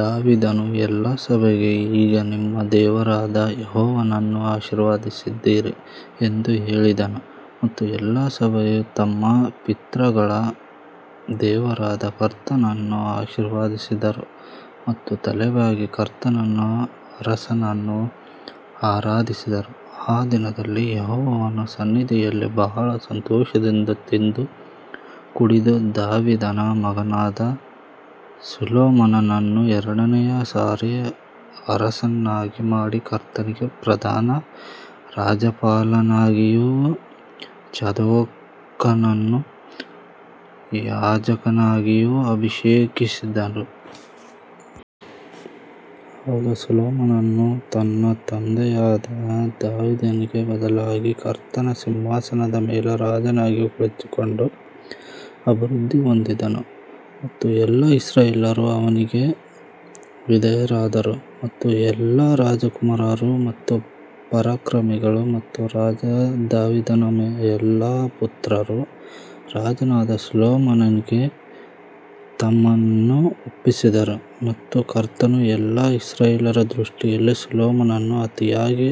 ದಾವೀದನು ಎಲ್ಲಾ ಸಭೆಗೆ ಈಗ ನಿಮ್ಮ ದೇವರಾದ ಯೆಹೋವನನ್ನು ಆಶೀರ್ವದಿಸಿರಿ ಎಂದು ಹೇಳಿದನು ಮತ್ತು ಎಲ್ಲಾ ಸಭೆಯು ತಮ್ಮ ಪಿತೃಗಳ ದೇವರಾದ ಕರ್ತನನ್ನು ಆಶೀರ್ವದಿಸಿದರು ಮತ್ತು ತಲೆಬಾಗಿ ಕರ್ತನನ್ನೂ ಅರಸನನ್ನೂ ಆರಾಧಿಸಿದರು. ಆ ದಿನದಲ್ಲಿ ಯೆಹೋವನ ಸನ್ನಿಧಿಯಲ್ಲಿ ಬಹಳ ಸಂತೋಷದಿಂದ ತಿಂದು ಕುಡಿದು ದಾವೀದನ ಮಗನಾದ ಸೊಲೊಮೋನನನ್ನು ಎರಡನೆಯ ಸಾರಿ ಅರಸನನ್ನಾಗಿ ಮಾಡಿ ಕರ್ತನಿಗೆ ಪ್ರಧಾನ ರಾಜ್ಯಪಾಲನಾಗಿಯೂ ಚಾದೋಕನನ್ನು ಯಾಜಕನಾಗಿಯೂ ಅಭಿಷೇಕಿಸಿದರು. ಆಗ ಸೊಲೊಮೋನನು ತನ್ನ ತಂದೆಯಾದ ದಾವೀದನಿಗೆ ಬದಲಾಗಿ ಕರ್ತನ ಸಿಂಹಾಸನದ ಮೇಲೆ ರಾಜನಾಗಿ ಕುಳಿತುಕೊಂಡು ಅಭಿವೃದ್ಧಿ ಹೊಂದಿದನು ಮತ್ತು ಎಲ್ಲಾ ಇಸ್ರಾಯೇಲ್ಯರು ಅವನಿಗೆ ವಿಧೇಯರಾದರು. ಮತ್ತು ಎಲ್ಲಾ ರಾಜಕುಮಾರರು ಮತ್ತು ಪರಾಕ್ರಮಿಗಳು ಮತ್ತು ರಾಜ ದಾವೀದನ ಎಲ್ಲಾ ಪುತ್ರರು ರಾಜನಾದ ಸೊಲೊಮೋನನಿಗೆ ತಮ್ಮನ್ನು ಒಪ್ಪಿಸಿದರು. ಮತ್ತು ಕರ್ತನು ಎಲ್ಲಾ ಇಸ್ರಾಯೇಲ್ಯರ ದೃಷ್ಟಿಯಲ್ಲಿ ಸೊಲೊಮೋನನನ್ನು ಅತಿಯಾಗಿ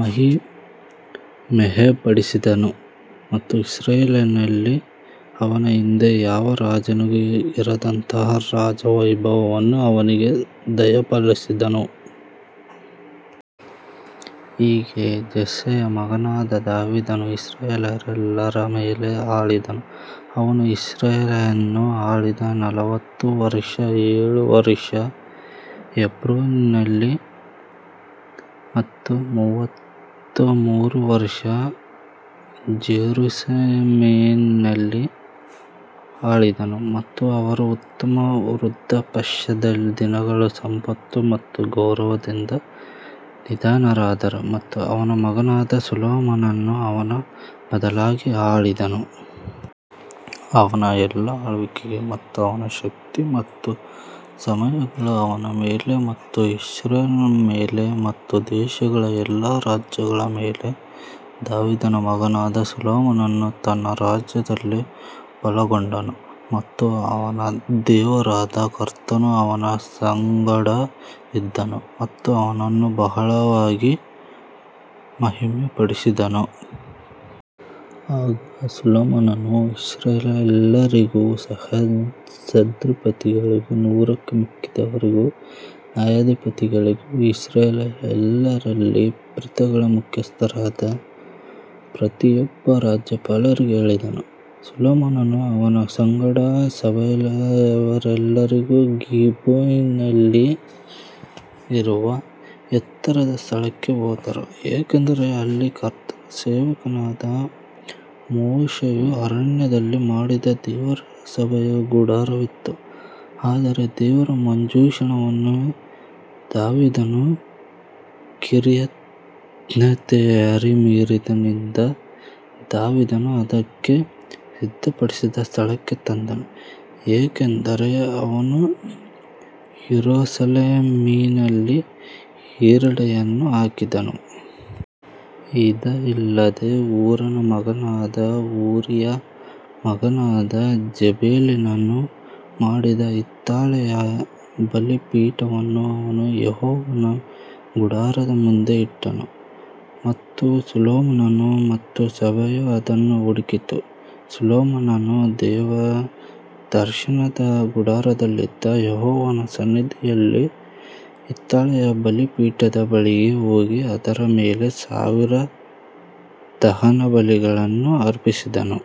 ಮಹಿಮೆಪಡಿಸಿದನು ಮತ್ತು ಇಸ್ರಾಯೇಲಿನಲ್ಲಿ ಅವನ ಹಿಂದೆ ಯಾವ ರಾಜನಿಗೂ ಇರದಂತಹ ರಾಜ ವೈಭವವನ್ನು ಅವನಿಗೆ ದಯಪಾಲಿಸಿದನು. ಹೀಗೆ ಜೆಸ್ಸೆಯ ಮಗನಾದ ದಾವೀದನು ಇಸ್ರಾಯೇಲ್ಯರೆಲ್ಲರ ಮೇಲೆ ಆಳಿದನು ಅವನು ಇಸ್ರಾಯೇಲನ್ನು ಆಳಿದ ನಲವತ್ತು ವರುಷ ಏಳು ವರುಷ ಹೆಬ್ರೋನಿನಲ್ಲಿ ಮತ್ತು ಮೂವತ್ತಮೂರು ವರುಷ ಜೆರುಸಲೇಮಿನಲ್ಲಿ ಆಳಿದನು. ಮತ್ತು ಅವರು ಉತ್ತಮ ವೃದ್ಧಾಪ್ಯದಲ್ಲಿ ದಿನಗಳು ಸಂಪತ್ತು ಮತ್ತು ಗೌರವದಿಂದ ನಿಧನರಾದರು ಮತ್ತು ಅವನ ಮಗನಾದ ಸೊಲೊಮೋನನು ಅವನ ಬದಲಾಗಿ ಆಳಿದನು. ಅವನ ಎಲ್ಲಾ ಆಳ್ವಿಕೆ ಮತ್ತು ಅವನ ಶಕ್ತಿ ಮತ್ತು ಸಮಯಗಳು ಅವನ ಮೇಲೆ ಮತ್ತು ಇಸ್ರೇಲ್ ಮೇಲೆ ಮತ್ತು ದೇಶಗಳ ಎಲ್ಲಾ ರಾಜ್ಯಗಳ ಮೇಲೆ ದಾವೀದನ ಮಗನಾದ ಸೊಲೊಮೋನನು ತನ್ನ ರಾಜ್ಯದಲ್ಲಿ ಬಲಗೊಂಡನು ಮತ್ತು ಅವನ ದೇವರಾದ ಕರ್ತನು ಅವನ ಸಂಗಡ ಇದ್ದನು ಮತ್ತು ಅವನನ್ನು ಬಹಳವಾಗಿ ಮಹಿಮೆಪಡಿಸಿದನು. ಆಗ ಸೊಲೊಮೋನನು ಇಸ್ರಾಯೇಲ್ಯರೆಲ್ಲರಿಗೂ ಸಹಸ್ರಾಧಿಪತಿಗಳಿಗೂ ನೂರಕ್ಕೂ ಮಿಕ್ಕಿದವರಿಗೂ ನ್ಯಾಯಾಧಿಪತಿಗಳಿಗೂ ಇಸ್ರಾಯೇಲ್ಯರಲ್ಲಿ ಪಿತೃಗಳ ಮುಖ್ಯಸ್ಥರಾದ ಪ್ರತಿಯೊಬ್ಬ ರಾಜ್ಯಪಾಲರಿಗೂ ಹೇಳಿದನು. ಸೊಲೊಮೋನನೂ ಅವನ ಸಂಗಡ ಸಭೆಯವರೆಲ್ಲರೂ ಗಿಬ್ಯೋನಿನಲ್ಲಿರುವ ಎತ್ತರದ ಸ್ಥಳಕ್ಕೆ ಹೋದರು ಏಕೆಂದರೆ ಅಲ್ಲಿ ಕರ್ತನ ಸೇವಕನಾದ ಮೋಶೆಯು ಅರಣ್ಯದಲ್ಲಿ ಮಾಡಿದ ದೇವರ ಸಭೆಯ ಗುಡಾರವಿತ್ತು. ಆದರೆ ದೇವರ ಮಂಜೂಷವನ್ನು ದಾವೀದನು ಕಿರ್ಯತ್ಜೆಯಾರೀಮಿನಿಂದ ದಾವೀದನು ಅದಕ್ಕೆ ಸಿದ್ಧಪಡಿಸಿದ ಸ್ಥಳಕ್ಕೆ ತಂದನು, ಏಕೆಂದರೆ ಅವನು ಯೆರೂಸಲೇಮಿನಲ್ಲಿ ಡೇರೆಯನ್ನು ಹಾಕಿದನು. ಇದಲ್ಲದೆ ಹೂರನ ಮಗನಾದ ಊರಿಯ ಮಗನಾದ ಬೆಜಲೇಲನು ಮಾಡಿದ ಹಿತ್ತಾಳೆಯ ಬಲಿಪೀಠವನ್ನು ಅವನು ಯೆಹೋವನ ಗುಡಾರದ ಮುಂದೆ ಇಟ್ಟನು ಮತ್ತು ಸೊಲೊಮೋನನು ಮತ್ತು ಸಭೆಯು ಅದನ್ನು ಹುಡುಕಿತು. ಸೊಲೊಮೋನನು ದೇವದರ್ಶನದ ಗುಡಾರದಲ್ಲಿದ್ದ ಯೆಹೋವನ ಸನ್ನಿಧಿಯಲ್ಲಿ ಹಿತ್ತಾಳೆಯ ಬಲಿಪೀಠದ ಬಳಿಗೆ ಹೋಗಿ ಅದರ ಮೇಲೆ ಸಾವಿರ ದಹನಬಲಿಗಳನ್ನು ಅರ್ಪಿಸಿದನು.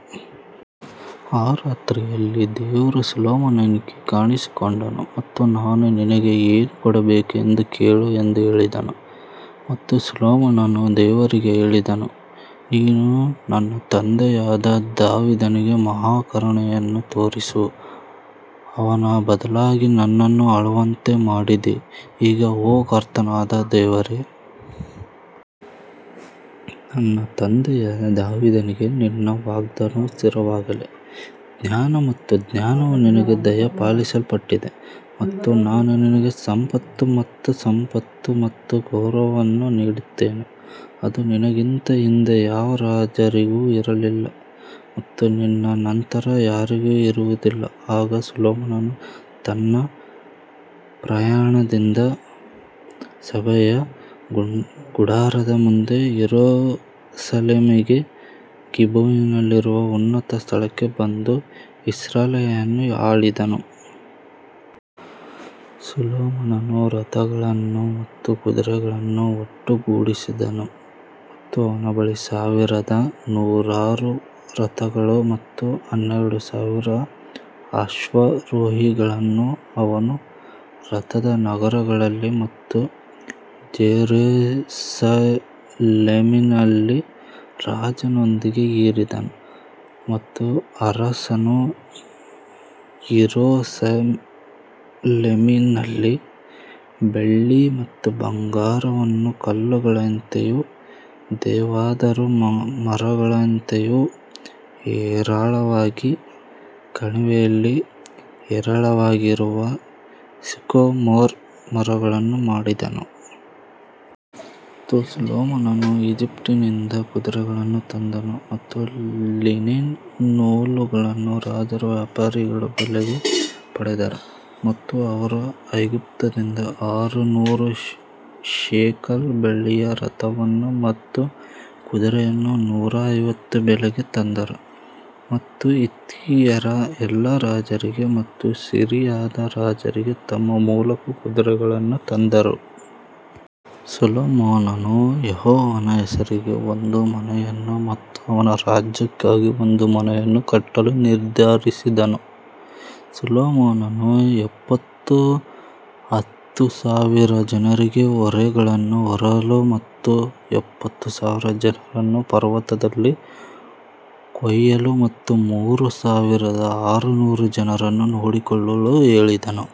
ಆ ರಾತ್ರಿಯಲ್ಲಿ ದೇವರು ಸೊಲೊಮೋನನಿಗೆ ಕಾಣಿಸಿಕೊಂಡನು ಮತ್ತು ನಾನು ನಿನಗೆ ಏನು ಕೊಡಬೇಕೆಂದು ಕೇಳು ಎಂದು ಹೇಳಿದನು ಮತ್ತು ಸೊಲೊಮೋನನು ದೇವರಿಗೆ ಹೇಳಿದನು, ನೀನು ನನ್ನ ತಂದೆಯಾದ ದಾವೀದನಿಗೆ ಮಹಾ ಕರುಣೆಯನ್ನು ತೋರಿಸಿ ಅವನ ಬದಲಾಗಿ ನನ್ನನ್ನು ಆಳುವಂತೆ ಮಾಡಿದಿ. ಈಗ ಓ ಕರ್ತನಾದ ದೇವರೇ ನನ್ನ ತಂದೆಯಾದ ದಾವೀದನಿಗೆ ನಿನ್ನ ವಾಗ್ದಾನವು ಸ್ಥಿರವಾಗಲಿ ಜ್ಞಾನ ಮತ್ತು ಜ್ಞಾನವು ನಿನಗೆ ದಯಪಾಲಿಸಲ್ಪಟ್ಟಿದೆ ಮತ್ತು ನಾನು ನಿನಗೆ ಸಂಪತ್ತು ಮತ್ತು ಸಂಪತ್ತು ಮತ್ತು ಗೌರವವನ್ನು ನೀಡುತ್ತೇನೆ, ಅದು ನಿನಗಿಂತ ಹಿಂದೆ ಯಾವ ರಾಜರಿಗೂ ಇರಲಿಲ್ಲ ಮತ್ತು ನಿನ್ನ ನಂತರ ಯಾರಿಗೂ ಇರುವುದಿಲ್ಲ ಆಗ ಸೊಲೊಮೋನನು ತನ್ನ ಪ್ರಯಾಣದಿಂದ ಸಭೆಯ ಗುಡಾರದ ಮುಂದೆ ಯೆರೂಸಲೇಮಿಗೆ ಗಿಬ್ಯೋನಿನಲ್ಲಿರುವ ಉನ್ನತ ಸ್ಥಳಕ್ಕೆ ಬಂದು ಇಸ್ರಾಯೇಲನ್ನು ಆಳಿದನು. ಸೊಲೊಮೋನನು ರಥಗಳನ್ನು ಮತ್ತು ಕುದುರೆಗಳನ್ನು ಒಟ್ಟುಗೂಡಿಸಿದನು ಮತ್ತು ಅವನ ಬಳಿ ಸಾವಿರದ ನಾನೂರು ರಥಗಳು ಮತ್ತು ಹನ್ನೆರಡು ಸಾವಿರ ಅಶ್ವಾರೋಹಿಗಳನ್ನು ಅವನು ರಥದ ನಗರಗಳಲ್ಲಿ ಮತ್ತು ಜೆರುಸಲೇಮಿನಲ್ಲಿ ರಾಜನೊಂದಿಗೆ ಇರಿಸಿದನು. ಮತ್ತು ಅರಸನು ಯೆರೂಸಲೇಮಿನಲ್ಲಿ ಬೆಳ್ಳಿ ಮತ್ತು ಬಂಗಾರವನ್ನು ಕಲ್ಲುಗಳಂತೆಯೂ ದೇವದಾರು ಮರಗಳಂತೆಯೂ ಹೇರಳವಾಗಿ ಕಣಿವೆಯಲ್ಲಿ ಹೇರಳವಾಗಿರುವ ಸಿಕೊಮೊರ್ ಮರಗಳನ್ನು ಮಾಡಿದನು. ಮತ್ತು ಸೊಲೊಮೋನನು ಈಜಿಪ್ಟಿನಿಂದ ಕುದುರೆಗಳನ್ನು ತಂದನು ಮತ್ತು ಲಿನಿನ್ ನೂಲುಗಳನ್ನು ರಾಜರ ವ್ಯಾಪಾರಿಗಳು ಬೆಲೆಗೆ ಪಡೆದರು. ಮತ್ತು ಅವರು ಐಗುಪ್ತದಿಂದ ಆರು ನೂರು ಶೇಕೆಲ್ ಬೆಳ್ಳಿಯ ರಥವನ್ನು ಮತ್ತು ಕುದುರೆಯನ್ನು ನೂರ ಐವತ್ತು ಬೆಲೆಗೆ ತಂದರು ಮತ್ತು ಹಿತ್ತಿಯರ ಎಲ್ಲಾ ರಾಜರಿಗೆ ಮತ್ತು ಸಿರಿಯಾದ ರಾಜರಿಗೆ ತಮ್ಮ ಮೂಲಕ ಕುದುರೆಗಳನ್ನು ತಂದರು. ಸೊಲೊಮೋನನು ಯೆಹೋವನ ಹೆಸರಿಗೆ ಒಂದು ಮನೆಯನ್ನು ಮತ್ತು ಅವನ ರಾಜ್ಯಕ್ಕಾಗಿ ಒಂದು ಮನೆಯನ್ನು ಕಟ್ಟಲು ನಿರ್ಧರಿಸಿದನು ಸೊಲೊಮೋನನು ಎಪ್ಪತ್ತು ಹತ್ತು ಸಾವಿರ ಜನರಿಗೆ ಹೊರೆಗಳನ್ನು ಹೊರಲು ಮತ್ತು ಎಪ್ಪತ್ತು ಸಾವಿರ ಜನರನ್ನು ಪರ್ವತದಲ್ಲಿ ಕೊಯ್ಯಲು ಮತ್ತು ಮೂರು ಸಾವಿರದ ಆರುನೂರು ಜನರನ್ನು ನೋಡಿಕೊಳ್ಳಲು ಹೇಳಿದನು.